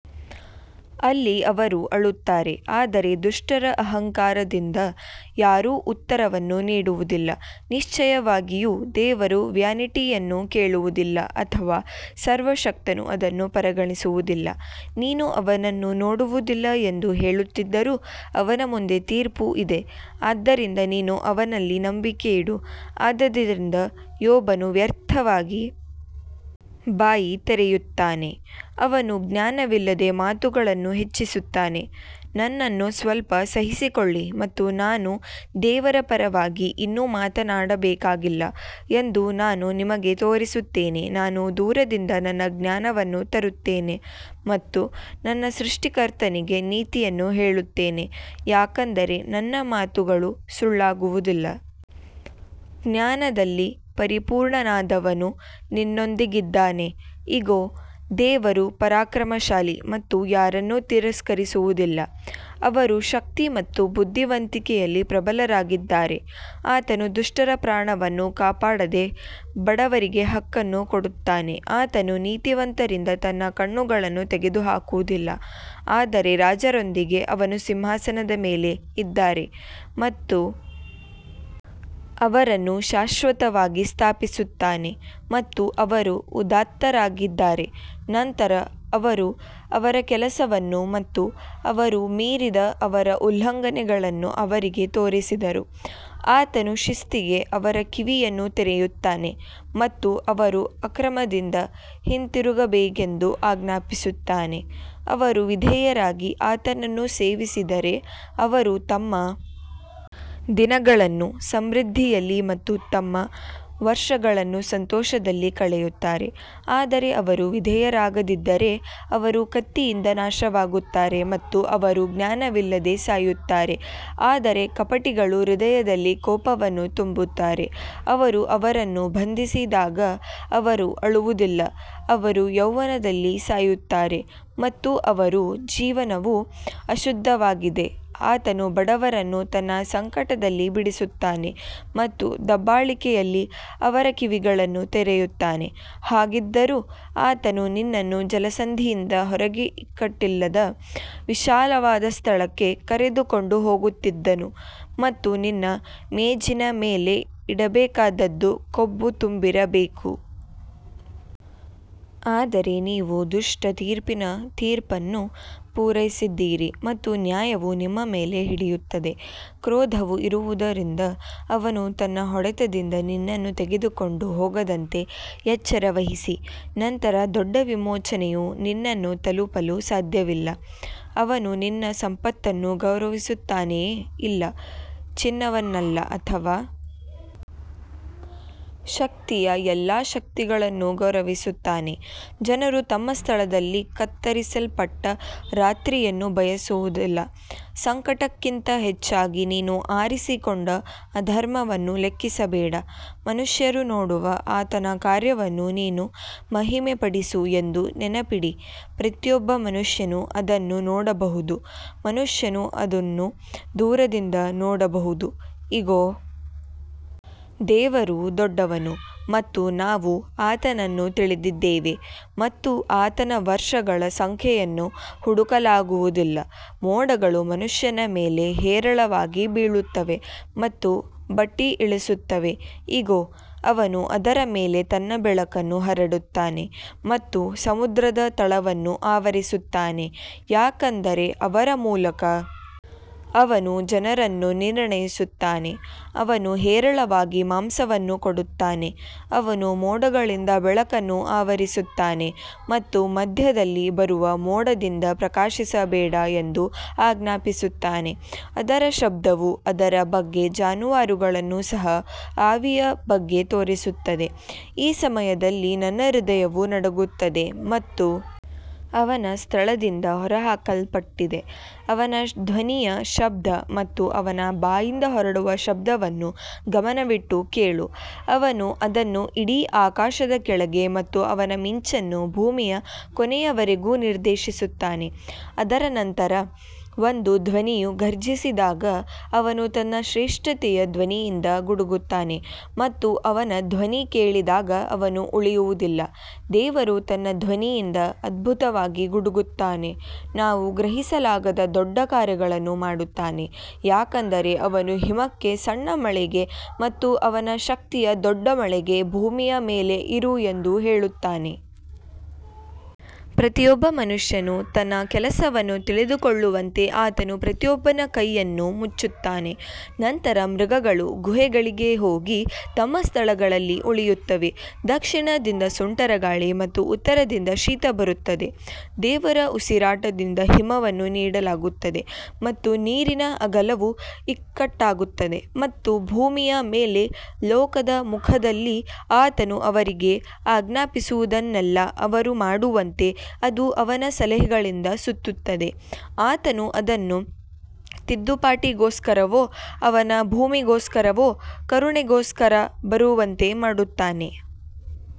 ಅಲ್ಲಿ ಅವರು ಅಳುತ್ತಾರೆ ಆದರೆ ದುಷ್ಟರ ಅಹಂಕಾರದಿಂದ ಯಾರೂ ಉತ್ತರವನ್ನು ನೀಡುವುದಿಲ್ಲ ನಿಶ್ಚಯವಾಗಿಯೂ ದೇವರು ವ್ಯಾನಿಟಿಯನ್ನು ಕೇಳುವುದಿಲ್ಲ ಅಥವಾ ಸರ್ವಶಕ್ತನು ಅದನ್ನು ಪರಿಗಣಿಸುವುದಿಲ್ಲ ನೀನು ಅವನನ್ನು ನೋಡುವುದಿಲ್ಲ ಎಂದು ಹೇಳುತ್ತಿದ್ದರೂ ಅವನ ಮುಂದೆ ತೀರ್ಪು ಇದೆ ಆದ್ದರಿಂದ ನೀನು ಅವನಲ್ಲಿ ನಂಬಿಕೆಯಿಡು ಆದದರಿಂದ ಯೋಬನು ವ್ಯರ್ಥವಾಗಿ ಬಾಯಿ ತೆರೆಯುತ್ತಾನೆ, ಅವನು ಜ್ಞಾನವಿಲ್ಲದೆ ಮಾತುಗಳನ್ನು ಹೆಚ್ಚಿಸುತ್ತಾನೆ ನನ್ನನ್ನು ಸ್ವಲ್ಪ ಸಹಿಸಿಕೊಳ್ಳಿ ಮತ್ತು ನಾನು ದೇವರ ಪರವಾಗಿ ಇನ್ನೂ ಮಾತನಾಡಬೇಕಾಗಿಲ್ಲ ಎಂದು ನಾನು ನಿಮಗೆ ತೋರಿಸುತ್ತೇನೆ ನಾನು ದೂರದಿಂದ ನನ್ನ ಜ್ಞಾನವನ್ನು ತರುತ್ತೇನೆ ಮತ್ತು ನನ್ನ ಸೃಷ್ಟಿಕರ್ತನಿಗೆ ನೀತಿಯನ್ನು ಹೇಳುತ್ತೇನೆ ಯಾಕಂದರೆ ನನ್ನ ಮಾತುಗಳು ಸುಳ್ಳಾಗುವುದಿಲ್ಲ, ಜ್ಞಾನದಲ್ಲಿ ಪರಿಪೂರ್ಣನಾದವನು ನಿನ್ನೊಂದಿಗಿದ್ದಾನೆ ಇಗೋ, ದೇವರು ಪರಾಕ್ರಮಶಾಲಿ ಮತ್ತು ಯಾರನ್ನೂ ತಿರಸ್ಕರಿಸುವುದಿಲ್ಲ, ಅವರು ಶಕ್ತಿ ಮತ್ತು ಬುದ್ಧಿವಂತಿಕೆಯಲ್ಲಿ ಪ್ರಬಲರಾಗಿದ್ದಾರೆ ಆತನು ದುಷ್ಟರ ಪ್ರಾಣವನ್ನು ಕಾಪಾಡದೆ ಬಡವರಿಗೆ ಹಕ್ಕನ್ನು ಕೊಡುತ್ತಾನೆ ಆತನು ನೀತಿವಂತರಿಂದ ತನ್ನ ಕಣ್ಣುಗಳನ್ನು ತೆಗೆದುಹಾಕುವುದಿಲ್ಲ ಆದರೆ ರಾಜರೊಂದಿಗೆ ಅವರು ಸಿಂಹಾಸನದ ಮೇಲೆ ಇದ್ದಾರೆ ಮತ್ತು ಅವರನ್ನು ಶಾಶ್ವತವಾಗಿ ಸ್ಥಾಪಿಸುತ್ತಾನೆ ಮತ್ತು ಅವರು ಉದಾತ್ತರಾಗಿದ್ದಾರೆ ನಂತರ ಅವರು ಅವರ ಕೆಲಸವನ್ನು ಮತ್ತು ಅವರು ಮೀರಿದ ಅವರ ಉಲ್ಲಂಘನೆಗಳನ್ನು ಅವರಿಗೆ ತೋರಿಸಿದರು ಆತನು ಶಿಸ್ತಿಗೆ ಅವರ ಕಿವಿಯನ್ನು ತೆರೆಯುತ್ತಾನೆ ಮತ್ತು ಅವರು ಅಕ್ರಮದಿಂದ ಹಿಂತಿರುಗಬೇಕೆಂದು ಆಜ್ಞಾಪಿಸುತ್ತಾನೆ ಅವರು ವಿಧೇಯರಾಗಿ ಆತನನ್ನು ಸೇವಿಸಿದರೆ ಅವರು ತಮ್ಮ ದಿನಗಳನ್ನು ಸಮೃದ್ಧಿಯಲ್ಲಿ ಮತ್ತು ತಮ್ಮ ವರ್ಷಗಳನ್ನು ಸಂತೋಷದಲ್ಲಿ ಕಳೆಯುತ್ತಾರೆ ಆದರೆ ಅವರು ವಿಧೇಯರಾಗದಿದ್ದರೆ ಅವರು ಕತ್ತಿಯಿಂದ ನಾಶವಾಗುತ್ತಾರೆ ಮತ್ತು ಅವರು ಜ್ಞಾನವಿಲ್ಲದೆ ಸಾಯುತ್ತಾರೆ ಆದರೆ ಕಪಟಿಗಳು ಹೃದಯದಲ್ಲಿ ಕೋಪವನ್ನು ತುಂಬುತ್ತಾರೆ, ಅವರು ಅವರನ್ನು ಬಂಧಿಸಿದಾಗ ಅವರು ಅಳುವುದಿಲ್ಲ ಅವರು ಯೌವನದಲ್ಲಿ ಸಾಯುತ್ತಾರೆ ಮತ್ತು ಅವರ ಜೀವನವು ಅಶುದ್ಧವಾಗಿದೆ ಆತನು ಬಡವರನ್ನು ತನ್ನ ಸಂಕಟದಲ್ಲಿ ಬಿಡಿಸುತ್ತಾನೆ ಮತ್ತು ದಬ್ಬಾಳಿಕೆಯಲ್ಲಿ ಅವರ ಕಿವಿಗಳನ್ನು ತೆರೆಯುತ್ತಾನೆ ಹಾಗಿದ್ದರೂ ಆತನು ನಿನ್ನನ್ನು ಜಲಸಂಧಿಯಿಂದ ಹೊರಗೆ ಇಕ್ಕಟ್ಟಿಲ್ಲದ ವಿಶಾಲವಾದ ಸ್ಥಳಕ್ಕೆ ಕರೆದುಕೊಂಡು ಹೋಗುತ್ತಿದ್ದನು ಮತ್ತು ನಿನ್ನ ಮೇಜಿನ ಮೇಲೆ ಇಡಬೇಕಾದದ್ದು ಕೊಬ್ಬು ತುಂಬಿರಬೇಕು. ಆದರೆ ನೀವು ದುಷ್ಟ ತೀರ್ಪಿನ ತೀರ್ಪನ್ನು ಪೂರೈಸಿದ್ದೀರಿ ಮತ್ತು ನ್ಯಾಯವು ನಿಮ್ಮ ಮೇಲೆ ಹಿಡಿಯುತ್ತದೆ ಕ್ರೋಧವು ಇರುವುದರಿಂದ ಅವನು ತನ್ನ ಹೊಡೆತದಿಂದ ನಿನ್ನನ್ನು ತೆಗೆದುಕೊಂಡು ಹೋಗದಂತೆ ಎಚ್ಚರವಹಿಸಿ ನಂತರ ದೊಡ್ಡ ವಿಮೋಚನೆಯು ನಿನ್ನನ್ನು ತಲುಪಿಸಲು ಸಾಧ್ಯವಿಲ್ಲ ಅವನು ನಿನ್ನ ಸಂಪತ್ತನ್ನು ಗೌರವಿಸುತ್ತಾನೆಯೇ ಇಲ್ಲ ಚಿನ್ನವನ್ನಲ್ಲ ಅಥವಾ ಶಕ್ತಿಯ ಎಲ್ಲಾ ಶಕ್ತಿಗಳನ್ನು ಗೌರವಿಸುತ್ತಾನೆ ಜನರು ತಮ್ಮ ಸ್ಥಳದಲ್ಲಿ ಕತ್ತರಿಸಲ್ಪಟ್ಟ ರಾತ್ರಿಯನ್ನು ಬಯಸುವುದಿಲ್ಲ ಸಂಕಟಕ್ಕಿಂತ ಹೆಚ್ಚಾಗಿ ನೀನು ಆರಿಸಿಕೊಂಡ ಅಧರ್ಮವನ್ನು ಲೆಕ್ಕಿಸಬೇಡ ಮನುಷ್ಯರು ನೋಡುವ ಆತನ ಕಾರ್ಯವನ್ನು ನೀನು ಮಹಿಮೆಪಡಿಸು ಎಂದು ನೆನಪಿಡಿ ಪ್ರತಿಯೊಬ್ಬ ಮನುಷ್ಯನು ಅದನ್ನು ನೋಡಬಹುದು ಮನುಷ್ಯನು ಅದನ್ನು ದೂರದಿಂದ ನೋಡಬಹುದು ಇಗೋ ದೇವರು ದೊಡ್ಡವನು ಮತ್ತು ನಾವು ಆತನನ್ನು ತಿಳಿದಿದ್ದೇವೆ ಮತ್ತು ಆತನ ವರ್ಷಗಳ ಸಂಖ್ಯೆಯನ್ನು ಹುಡುಕಲಾಗುವುದಿಲ್ಲ ಮೋಡಗಳು ಮನುಷ್ಯನ ಮೇಲೆ ಹೇರಳವಾಗಿ ಬೀಳುತ್ತವೆ ಮತ್ತು ಬಟ್ಟಿ ಇಳಿಸುತ್ತವೆ ಇಗೋ, ಅವನು ಅದರ ಮೇಲೆ ತನ್ನ ಬೆಳಕನ್ನು ಹರಡುತ್ತಾನೆ ಮತ್ತು ಸಮುದ್ರದ ತಳವನ್ನು ಆವರಿಸುತ್ತಾನೆ ಯಾಕಂದರೆ ಅವರ ಮೂಲಕ ಅವನು ಜನರನ್ನು ನಿರ್ಣಯಿಸುತ್ತಾನೆ, ಅವನು ಹೇರಳವಾಗಿ ಮಾಂಸವನ್ನು ಕೊಡುತ್ತಾನೆ ಅವನು ಮೋಡಗಳಿಂದ ಬೆಳಕನ್ನು ಆವರಿಸುತ್ತಾನೆ ಮತ್ತು ಮಧ್ಯದಲ್ಲಿ ಬರುವ ಮೋಡದಿಂದ ಪ್ರಕಾಶಿಸಬೇಡ ಎಂದು ಆಜ್ಞಾಪಿಸುತ್ತಾನೆ ಅದರ ಶಬ್ದವು ಅದರ ಬಗ್ಗೆ ಜಾನುವಾರುಗಳನ್ನು ಸಹ ಆವಿಯ ಬಗ್ಗೆ ತೋರಿಸುತ್ತದೆ ಈ ಸಮಯದಲ್ಲಿ ನನ್ನ ಹೃದಯವು ನಡುಗುತ್ತದೆ ಮತ್ತು ಅವನ ಸ್ಥಳದಿಂದ ಹೊರಹಾಕಲ್ಪಟ್ಟಿದೆ ಅವನ ಧ್ವನಿಯ ಶಬ್ದ ಮತ್ತು ಅವನ ಬಾಯಿಂದ ಹೊರಡುವ ಶಬ್ದವನ್ನು ಗಮನವಿಟ್ಟು ಕೇಳು ಅವನು ಅದನ್ನು ಇಡೀ ಆಕಾಶದ ಕೆಳಗೆ ಮತ್ತು ಅವನ ಮಿಂಚನ್ನು ಭೂಮಿಯ ಕೊನೆಯವರೆಗೂ ನಿರ್ದೇಶಿಸುತ್ತಾನೆ ಅದರ ನಂತರ ಒಂದು ಧ್ವನಿಯು ಘರ್ಜಿಸಿದಾಗ ಅವನು ತನ್ನ ಶ್ರೇಷ್ಠತೆಯ ಧ್ವನಿಯಿಂದ ಗುಡುಗುತ್ತಾನೆ ಮತ್ತು ಅವನ ಧ್ವನಿ ಕೇಳಿದಾಗ ಅವನು ಉಳಿಯುವುದಿಲ್ಲ ದೇವರು ತನ್ನ ಧ್ವನಿಯಿಂದ ಅದ್ಭುತವಾಗಿ ಗುಡುಗುತ್ತಾನೆ, ನಾವು ಗ್ರಹಿಸಲಾಗದ ದೊಡ್ಡ ಕಾರ್ಯಗಳನ್ನು ಮಾಡುತ್ತಾನೆ ಯಾಕಂದರೆ ಅವನು ಹಿಮಕ್ಕೆ ಸಣ್ಣ ಮಳೆಗೆ ಮತ್ತು ಅವನ ಶಕ್ತಿಯ ದೊಡ್ಡ ಮಳೆಗೆ ಭೂಮಿಯ ಮೇಲೆ ಇರು ಎಂದು ಹೇಳುತ್ತಾನೆ. ಪ್ರತಿಯೊಬ್ಬ ಮನುಷ್ಯನು ತನ್ನ ಕೆಲಸವನ್ನು ತಿಳಿದುಕೊಳ್ಳುವಂತೆ ಆತನು ಪ್ರತಿಯೊಬ್ಬನ ಕೈಯನ್ನು ಮುಚ್ಚುತ್ತಾನೆ ನಂತರ ಮೃಗಗಳು ಗುಹೆಗಳಿಗೆ ಹೋಗಿ ತಮ್ಮ ಸ್ಥಳಗಳಲ್ಲಿ ಉಳಿಯುತ್ತವೆ ದಕ್ಷಿಣದಿಂದ ಸುಂಟರಗಾಳಿ ಮತ್ತು ಉತ್ತರದಿಂದ ಶೀತ ಬರುತ್ತದೆ ದೇವರ ಉಸಿರಾಟದಿಂದ ಹಿಮವನ್ನು ನೀಡಲಾಗುತ್ತದೆ ಮತ್ತು ನೀರಿನ ಅಗಲವು ಇಕ್ಕಟ್ಟಾಗುತ್ತದೆ ಮತ್ತು ಭೂಮಿಯ ಮೇಲೆ ಲೋಕದ ಮುಖದಲ್ಲಿ ಆತನು ಅವರಿಗೆ ಆಜ್ಞಾಪಿಸುವುದನ್ನೆಲ್ಲಾ ಅವರು ಮಾಡುವಂತೆ ಅದು ಅವನ ಸಲಹೆಗಳಿಂದ ಸುತ್ತುತ್ತದೆ. ಆತನು ಅದನ್ನು ತಿದ್ದುಪಾಟಿಗೋಸ್ಕರವೋ ಅವನ ಭೂಮಿಗೋಸ್ಕರವೋ ಕರುಣೆಗೋಸ್ಕರ ಬರುವಂತೆ ಮಾಡುತ್ತಾನೆ.